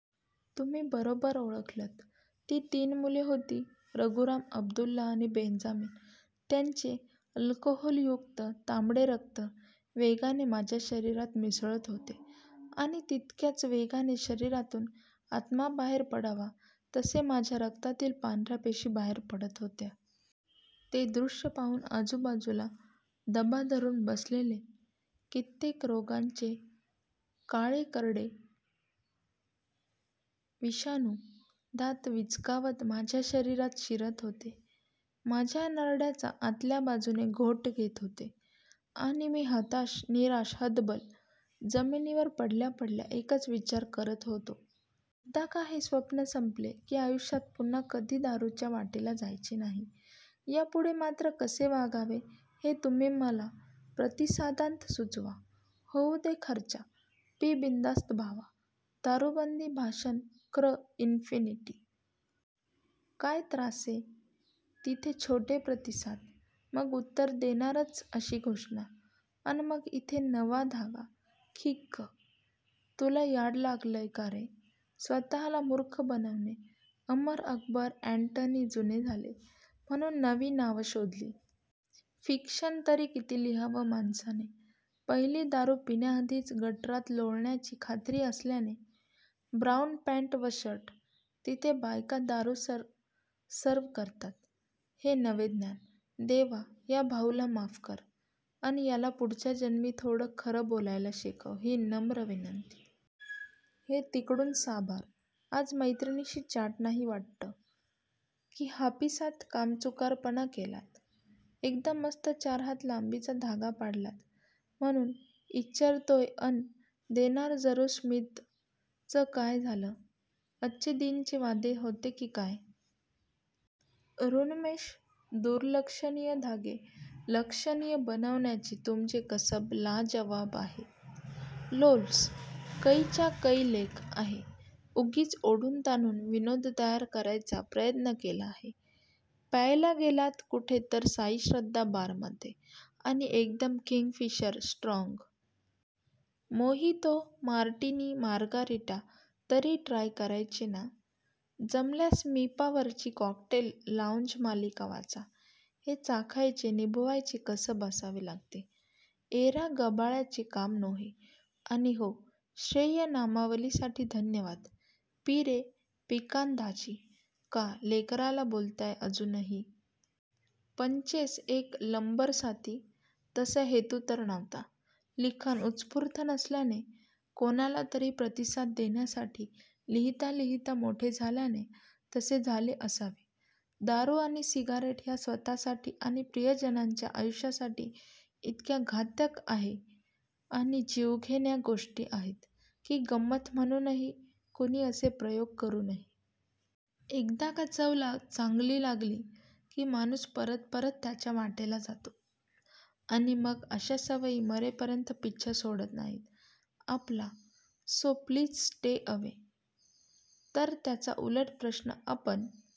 तुम्ही बरोबर ओळखलंत! ती तीन मुले होती रघुराम, अब्दुल्ला आणि बेंजामीन. त्यांचे अल्कोहोलयुक्त तांबडे रक्त वेगाने माझ्या शरीरात मिसळत होते आणि तितक्याच वेगाने शरीरातून आत्मा बाहेर पडावा तसे माझ्या रक्तातील पांढर्या पेशी बाहेर पडत होत्या. ते द्रुश्य पाहून आजूबाजूला दबा धरून बसलेले कित्येक रोगांचे काळेकरडे विषाणू, दात विचकावत माझ्या शरीरात शिरत होते. माझ्या नरड्याचा आतल्या बाजूने घोट घेत होते. आणि मी हताश निराश हतबल, जमिनीवर पडल्यापडल्या एकच विचार करत होतो. एकदा का हे स्वप्न संपले, की आयुष्यात पुन्हा कधी दारूच्या वाटेला जायचे नाही. यापुढे मात्र कसे वागावे हे तुम्ही मला प्रतिसादांत सुचवा.. होऊ दे खर्चा.! पी बिनधास्त भावा..!! दारूबंदी भाषण क्र. "" इन्फिनिटी. काय त्रासे! तिथे छोटे प्रतिसाद. मग उत्तर देनारच अशी घोषणा. अन मग इथे नवा धागा. खिक्क! तुला याड लागलय का रे? स्वतःला मूर्ख बनवणे. अमर अकबर अँटनी जुने झाले, म्हणून नवी नांवं शोधली. फिक्शन तरी किती लिहावं माणसाने! पहिली दारू पिण्याआधीच गटारात लोळण्याची खात्री असल्याने ब्राऊन पँट व शर्ट. तिथे बायका दारू सर्व करतात हे नवे ज्ञान! देवा, या भाऊला माफ कर, अन याला पुढच्या जन्मी थोडं खरं बोलायला शिकव, ही नम्र विनंती. हे 'तिकडूण' साभार. आज मैत्रिणीशी चॅट नाही वाट्टं? की हापिसात कामचुकारपणा केलात? एकदम मस्त चार हात लांबीचा धागा पाडलात म्हणून इच्चरतोयअन "देणार जरूर स्मित"चं काय झालं? अच्चे दिन चे वादे होते की काय? ऋन्मेष, दुर्लक्षणीय धागे लक्षणीय बनवण्याचे तुमचे कसब लाजवाब आहे. लोल्स!! कै च्या कै लेख आहे. उगीच ओढून ताणून विनोद तयार करायचा प्रयत्न केला आहे. प्यायला गेलात कुठे तर "साईश्रद्धा बार" मध्ये? आणि एकदम Kingfisher strong? Mojito, martini, margarita तरी ट्राय करायचे ना? जमल्यास मिपा वरची कॉकटेल लाऊंज मालिका वाचा. हे चाखायचे, निभावयाचे कसब असावे लागते. येरागबाळ्याचे काम नोहे! आणि हो श्रेयनामावलीसाठी धन्यवाद!! पी रे पीकांदाजी, का लेकराला बोलताय अजूनही?.. पंचेस एक लंबरसाती, तसा हेतू तर नव्हता. लिखाण उत्स्फुर्त नसल्याने, कोणाला तरी प्रतिसाद देण्यासाठी लिहिता लिहिता मोठे झाल्याने तसे झाले असावे. दारु आणि सिगारेट ह्या स्वतःसाठी आणि प्रियजंनाच्या आयुष्यासाठी इतक्या घातक आणि जीवघेण्या गोष्टी आहेत की गम्मत म्हणूनही कुणी असे प्रयोग करु नये. एकदा का चव चांगली लागली की माणूस परत परत त्याच्या वाट्याला जातो आणि मग अशा सवयी मरेपर्यंत पिच्छा सोडत नाहीत आपला. So please stay away! तर त्याचा उलट प्रश्न, "आपण